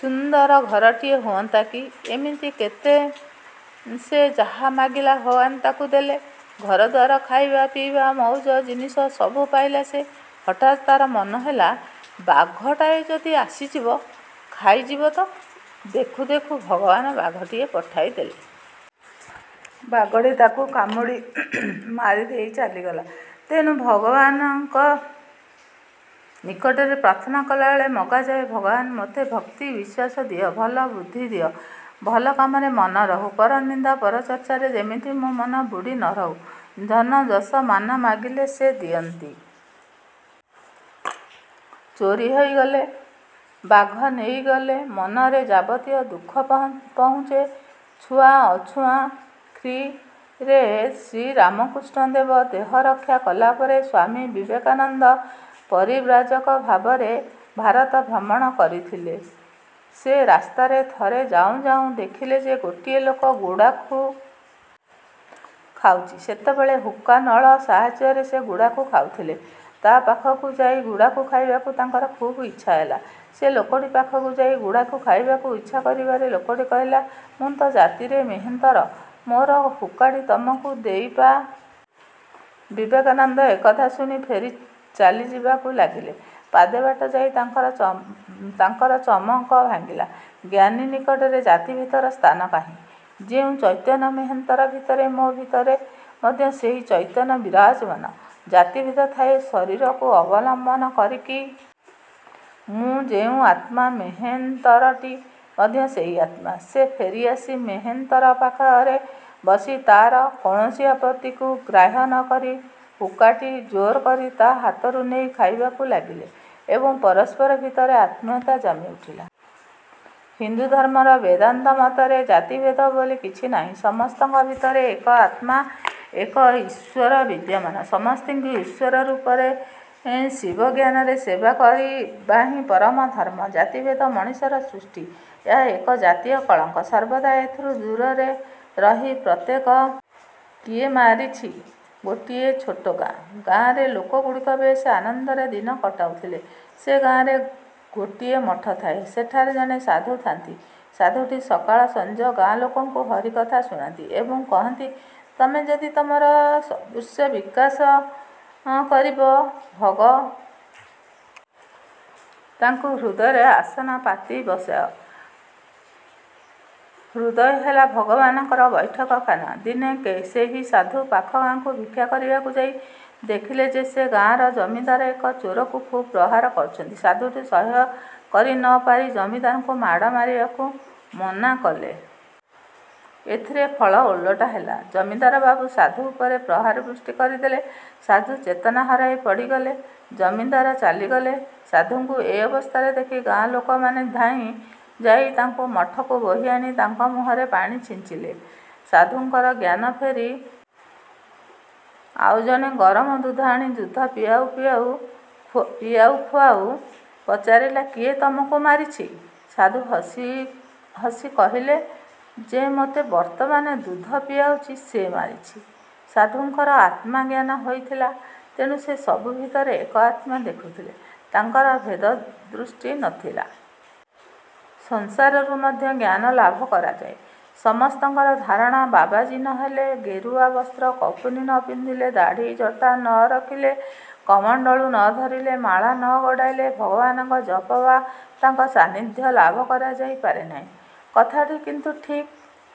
ସୁନ୍ଦର ଘରଟିଏ ହୁଅନ୍ତା କି? ' ଇମିତି କେତେ? ସେ ଯାହା ମାଗିଲା, ଭଗବାନ ତାକୁ ଦେଲେ। ଘରଦ୍ୱାର, ଖାଇବା-ପିଇବା, ମଉଜ-ଜିନିଷ ସବୁ ପାଇଲା ସେ। ହଠାତ୍ ତାର ମନେ ହେଲା, 'ବାଘଟାଏ ଯଦି ଆସିଯିବ, ଖାଇ ଯିବତ। ' ଦେଖୁ ଦେଖୁ ଭଗବାନ ବାଘଟିଏ ପଠାଇ ଦେଲେ। ବାଘଟି ତାକୁ କାମୁଡ଼ି ମାରି ଦେଇ ଚାଲିଗଲା। ତେଣୁ ଭଗବାନଙ୍କ ନିକଟରେ ପ୍ରାର୍ଥନା କଲାବେଳେ ମଗାଯାଏ, ଭଗବାନ! ମୋତେ ଭକ୍ତି, ବିଶ୍ୱାସ ଦିଅ। ଭଲ ବୁଦ୍ଧି ଦିଅ, ଭଲ କାମରେ ମନ ରହୁ। ପରନିନ୍ଦା ପରଚର୍ଚ୍ଚାରେ ଯେମିତି ମୋ ମନ ବୁଡ଼ି ନ ରହୁ। ଧନ, ଯଶ, ମାନ ମାଗିଲେ ସେ ଦିଅନ୍ତି; କିନ୍ତୁ ବାଘ, ଚୋର ଭୟ ବେଶୀ-। ଚୋରି ହୋଇଗଲେ, ବାଘ ନେଇଗଲେ ମନରେ ଯାବତୀୟ ଦୁଃଖ ପହୁଞ୍ଚେ। ଛୁଆଁ ଅଛୁଆଁ ଖ୍ରୀ: ରେ ଶ୍ରୀରାମକୃଷ୍ଣ ଦେବ ଦେହରକ୍ଷା କଲାପରେ ସ୍ୱାମୀ ବିବେକାନନ୍ଦ ପରିବ୍ରାଜକ ଭାବରେ ଭାରତ ଭ୍ରମଣ କରିଥିଲେ। ସେ ରାସ୍ତାରେ ଥରେ ଯାଉଁ ଯାଉଁ ଦେଖିଲେ ଯେ ଗୋଟିଏ ଲୋକ ଗୁଡ଼ାଖୁ। ଖାଉଛି। ସେତେବେଳେ ହୁକା ନଳ ସାହାଯ୍ୟରେ ସେ ଗୁଡ଼ାଖୁ ଖାଉଥିଲେ। ତା' ପାଖକୁ ଯାଇ ଗୁଡ଼ାଖୁ ଖାଇବାକୁ ତାଙ୍କର ଖୁବ୍ ଇଚ୍ଛା ହେଲା। ସେ ଲୋକଟି ପାଖକୁ ଯାଇ ଗୁଡ଼ାଖୁ ଖାଇବାକୁ ଇଚ୍ଛା କରିବାରେ ଲୋକଟି କହିଲା, ''ମୁଁ ତ ଜାତିରେ ମେହେନ୍ତର-। ମୋର ହୁକାଟି ତମକୁ ଦେଇ ପାରିବିନି। '' ବିବେକାନନ୍ଦ ଏ କଥା ଶୁଣି ଫେରି ଚାଲିଯିବାକୁ ଲାଗିଲେ। ପାଦେ ବାଟ ଯାଇ ତାଙ୍କର ଚମକ ଭାଙ୍ଗିଲା-''ଜ୍ଞାନୀ ନିକଟରେ ଜାତିଭେଦର ସ୍ଥାନ କାହିଁ? ଯେଉଁ ଚୈତନ୍ୟ ମେହେନ୍ତର ଭିତରେ, ମୋ ଭିତରେ ମଧ୍ୟ ସେହି ଚୈତନ୍ୟ ବିରାଜମାନ। ଜାତିଭେଦ ଥାଏ ଶରୀରକୁ ଅବଲମ୍ୱନ କରି, କିନ୍ତୁ ଆତ୍ମା ତ ଦେହରୁ ଅଲଗା। ମୁଁ ଯେଉଁ ଅତ୍ମା, ମେହେନ୍ତରଟି ମଧ୍ୟ ସେହି ଅତ୍ମା। '' ସେ ଫେରିଆସି, ମେହେନ୍ତର ପାଖରେ ବସି ତାର, କୌଣସି ଆପତ୍ତିକୁ ଗ୍ରାହ୍ୟ ନ କରି, ହୁକାଟି ଜୋର କରି ତା' ହାତରୁ ନେଇ ଖାଇବାକୁ ଲାଗିଲେ ଏବଂ ପରସ୍ପର ଭିତରେ ଆତ୍ମୀୟତା ଜମି ଉଠିଲା। ହିନ୍ଦୁଧର୍ମର ବେଦାନ୍ତ ମତରେ ଜାତିଭେଦ ବୋଲି କିଛି ନାହିଁ। ସମସ୍ତଙ୍କ ଭିତରେ ଏକ ଆତ୍ମା-ଏକ ଈଶ୍ୱର ବିଦ୍ୟମାନ। ସମସ୍ତଙ୍କୁ ଈଶ୍ୱର ରୂପରେ ଶିବଜ୍ଞାନରେ ସେବା କରିବାହିଁ ପରମ ଧର୍ମ। ଜାତିଭେଦ ମଣିଷର ସୃଷ୍ଟି। ଏହା ଏକଜାତୀୟ କଳଙ୍କ। ସର୍ବଦା ଏଥିରୁ ଦୂରରେ ରହି ପ୍ରତ୍ୟେକ ମଣିଷ, ଜୀବଜନ୍ତୁ, ଗଛପତ୍ର ଭିତରେ ଭଗବାନ ବିରାଜମାନ କରୁଅଛନ୍ତି ବୋଲି ଭାବ ଏବଂ ମନକୁ ବୁଝାଅ। କିଏ ମାରିଛି? ଗୋଟିଏ ଛୋଟ ଗାଁ। ଗାଁରେ ଲୋକଗୁଡ଼ିକ ବେଶ୍ ଆନନ୍ଦରେ ଦିନ କଟାଉଥିଲେ। ସେ ଗାଁରେ ଗୋଟିଏ ମଠ ଥାଏ। ସେଠାରେ ଜଣେ ସାଧୁ ଥା'ନ୍ତି। ସାଧୁଟି ସକାଳ ସଞ୍ଜ ଗାଁ ଲୋକଙ୍କୁ ହରିକଥା ଶୁଣାନ୍ତି ଏବଂ କହନ୍ତି, ''ତମେ ଯଦି ତମର ସଦ୍ଗୁଣ ବିକାଶ କରିବ, ଭଗବାନ ତମ ହୃଦୟରେ ବିରାଜମାନ କରିବେ। ତାଙ୍କୁ ହୃଦୟରେ ଆସନ ପାତି ବସାଅ। ହୃଦୟ ହେଲା ଭଗବାନଙ୍କର ବୈଠକଖାନା। '' ଦିନେ ସେହି ସାଧୁ ପାଖ ଗାଁକୁ ଭିକ୍ଷା କରିବାକୁ ଯାଇ ଦେଖିଲେ ଯେ ସେ ଗାଁର ଜମିଦାର ଏକ ଚୋରକୁ ଖୁବ୍ ପ୍ରହାର କରୁଛନ୍ତି। ସାଧୁଟି ସହ୍ୟ କରି ନ ପାରି ଜମିଦାରଙ୍କୁ ମାଡ଼ ମାରିବାକୁ ମନା କଲେ। ଏଥିରେ ଫଳ ଓଲଟା ହେଲା। ଜମିଦାରବାବୁ ସାଧୁ ଉପରେ ପ୍ରହାର ବୃଷ୍ଟି କରିଦେଲେ। ସାଧୁ ଚେତନା ହରାଇ ପଡ଼ିଗଲେ। ଜମିଦାର ଚାଲିଗଲେ। ସାଧୁଙ୍କୁ ଏ ଅବସ୍ଥାରେ ଦେଖି ଗାଁ ଲୋକମାନେ ଧାଇଁ ଯାଇ ତାଙ୍କୁ ମଠକୁ ବୋହିଆଣି ତାଙ୍କ ମୁହଁରେ ପାଣି ଛିଞ୍ଚିଲେ। ସାଧୁଙ୍କର ଜ୍ଞାନ ଫେରି ଆସିଲା। ଆଉ ଜଣେ ଗରମ ଦୁଧ ଆଣି ଦୁଧ ପିଆଉ ଖୁଆଉ ପଚାରିଲା-''କିଏ ତମକୁ ମାରିଛି? '' ସାଧୁ ହସି ହସି କହିଲେ- ''ଯେ ମୋତେ ବର୍ତ୍ତମାନ ଦୁଧ ପିଆଉଛି, ସେ ମାରିଛି। '' ସାଧୁଙ୍କର ଆତ୍ମାଜ୍ଞାନ ହୋଇଥିଲା; ତେଣୁ ସେ ସବୁ ଭିତରେ ଏକ ଆତ୍ମା ଦେଖୁଥିଲେ-ତାଙ୍କର ଭେଦଦୃଷ୍ଟି ନ ଥିଲା। ସଂସାରରୁ ମଧ୍ୟ ଜ୍ଞାନ ଲାଭ କରାଯାଏ- ସମସ୍ତଙ୍କର ଧାରଣା ବାବାଜୀ ନ ହେଲେ, ଗେରୁଆ ବସ୍ତ୍ର କୌପୁନୀ ନ ପିନ୍ଧିଲେ, ଦାଢ଼ି-ଜଟା ନ ରଖିଲେ, କମଣ୍ତଳୁ ନ ଧଇଲେ, ମାଳା ନ ଗଡ଼ାଇଲେ ଭଗବାନଙ୍କ ଜପ ବା ତାଙ୍କ ସାନ୍ନିଧ୍ୟ ଲାଭ କରାଯାଇ ପାରେ ନାହିଁ। କଥାଟି କିନ୍ତୁ ଠିକ୍ ନୁହେଁ।